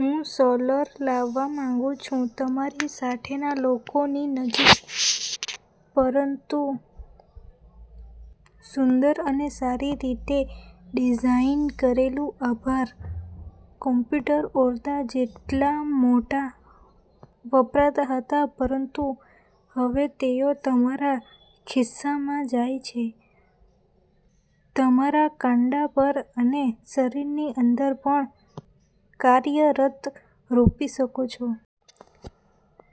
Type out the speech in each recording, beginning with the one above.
હું સોલર લાવવા માંગુ છું તમારી સાથેના લોકોની નજીક, પરંતુ સુંદર અને સારી રીતે ડિઝાઇન કરેલું. આભાર. કમ્પ્યુટર ઓરડા જેટલા મોટા વપરાતા હતા. પરંતુ હવે તેઓ તમારા ખિસ્સામાં જાય છે, તમારા કાંડા પર અને શરીરની અંદર પણ કાર્યરત રોપી શકો છો.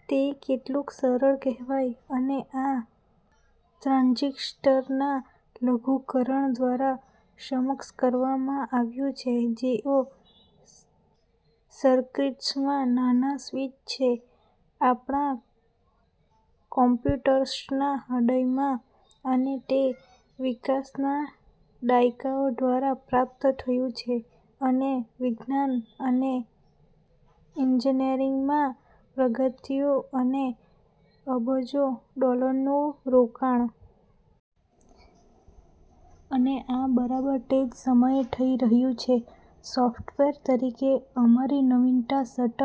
તે કેટલું સરસ કહેવાય? અને આ ટ્રાન્ઝિસ્ટરના લઘુકરણ દ્વારા સક્ષમ કરવા માંઆવ્યું છે, જેઓ સર્કિટ્સમાં નાના સ્વિચ છે આપણા કમ્પ્યુટર્સના હૃદયમાં. અને તે વિકાસના દાયકાઓ દ્વારા પ્રાપ્ત થયું છે અને વિજ્ઞાન અને ઈજનેરીમાં પ્રગતિઓ અને અબજો ડોલરનું રોકાણ. અને આ બરાબર તે જ સમયે થઈ રહ્યું છે સોફ્ટવેર તરીકે અમારી નવીનતા સતત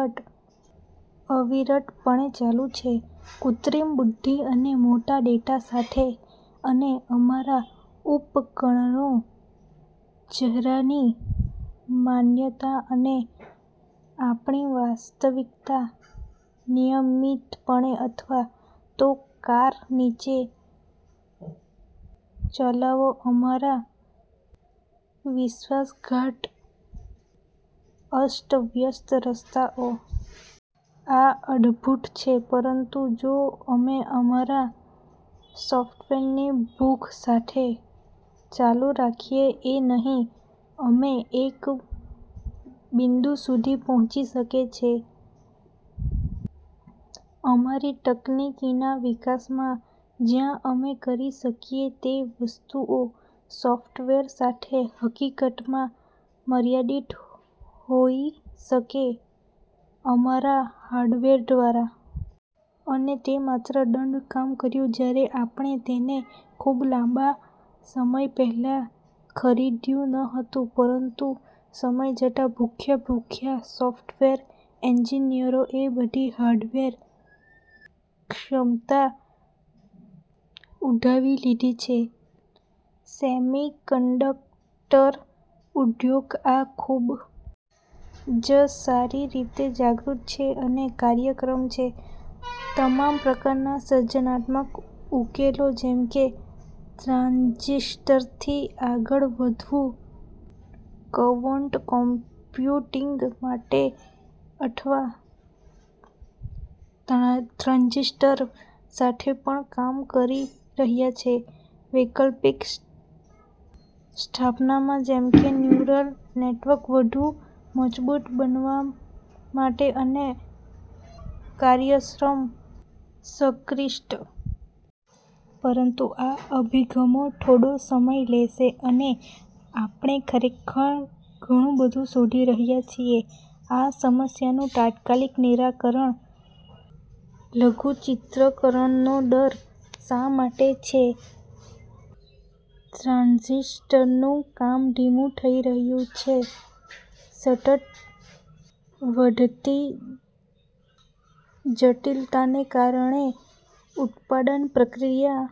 અવિરતપણે ચાલુ છે કૃત્રિમ બુદ્ધિ અને મોટા ડેટા સાથે. અને અમારા ઉપકરણો ચહેરાની માન્યતા અને આપણી વાસ્તવિકતા નિયમિતપણે અથવા તો કાર નીચે ચલાવો અમારા વિશ્વાસઘાત, અસ્તવ્યસ્ત રસ્તાઓ. આ અદભૂત છે. પરંતુ જો અમે અમારા સો્ટવેરની ભૂખ સાથે ચાલુ રાખીએનહીં, અમે એક બિંદુ સુધી પહોંચી શકે છે અમારી તકનીકીના વિકાસમાં જ્યાં અમે કરી શકીએ તે વસ્તુઓ સોફ્ટવેર સાથે, હકીકતમાં, મર્યાદિત હોઈ શકે અમારા હાર્ડવેર દ્વારા. અને તે માત્ર દંડ કામ કર્યું જ્યારે આપણે તેને ખૂબ લાંબા સમય પહેલા ખરીધું ન હતું, પરંતુ સમય જતાં ભૂખ્યા ભૂખ્યા સોફ્ટવેર એન્જિ નિયરોએ બધી હાર્ડવેર ક્ષમતા ઉઠાવી લીધી છે સેમિકન્ડક્ટર ઉદ્યોગ આ ખૂબ જ સારી રીતે જાગૃત છે અને કાર્યરત છે તમામ પ્રકારના સર્જનાત્મક ઉકેલો, જેમ કે ટ્રાંઝિસ્ટરથી આગળ વધવું ક્વોન્ટમ કમ્પ્યુટિંગ માટે અથવા ટ્રાંઝિસ્ટર સાથે પણ કામ કરી રહ્યા છે વૈકલ્પિક સ્થાપત્યમાં જેમ કે ન્યુરલ નેટવર્ક વધુ મજબૂત બનાવા માટે અને કાર્યક્ષમ સર્કિટ્સ. પરંતુ આ અભિગમો થોડો સમય લેશે, અને આપણે ખરેખર ઘણું બધુ શોધી રહ્યા છીએ આ સમસ્યાનું તાત્કાલિક નિરાકરણ. લઘુચિત્રકરણનો દર શા માટે છે ટ્રાંઝિસ્ટરનું કામ ધીમું થઈ રહ્યું છે સતત વધતી જટિલતાને કારણે છે ઉત્પાદન પ્રક્રિયા.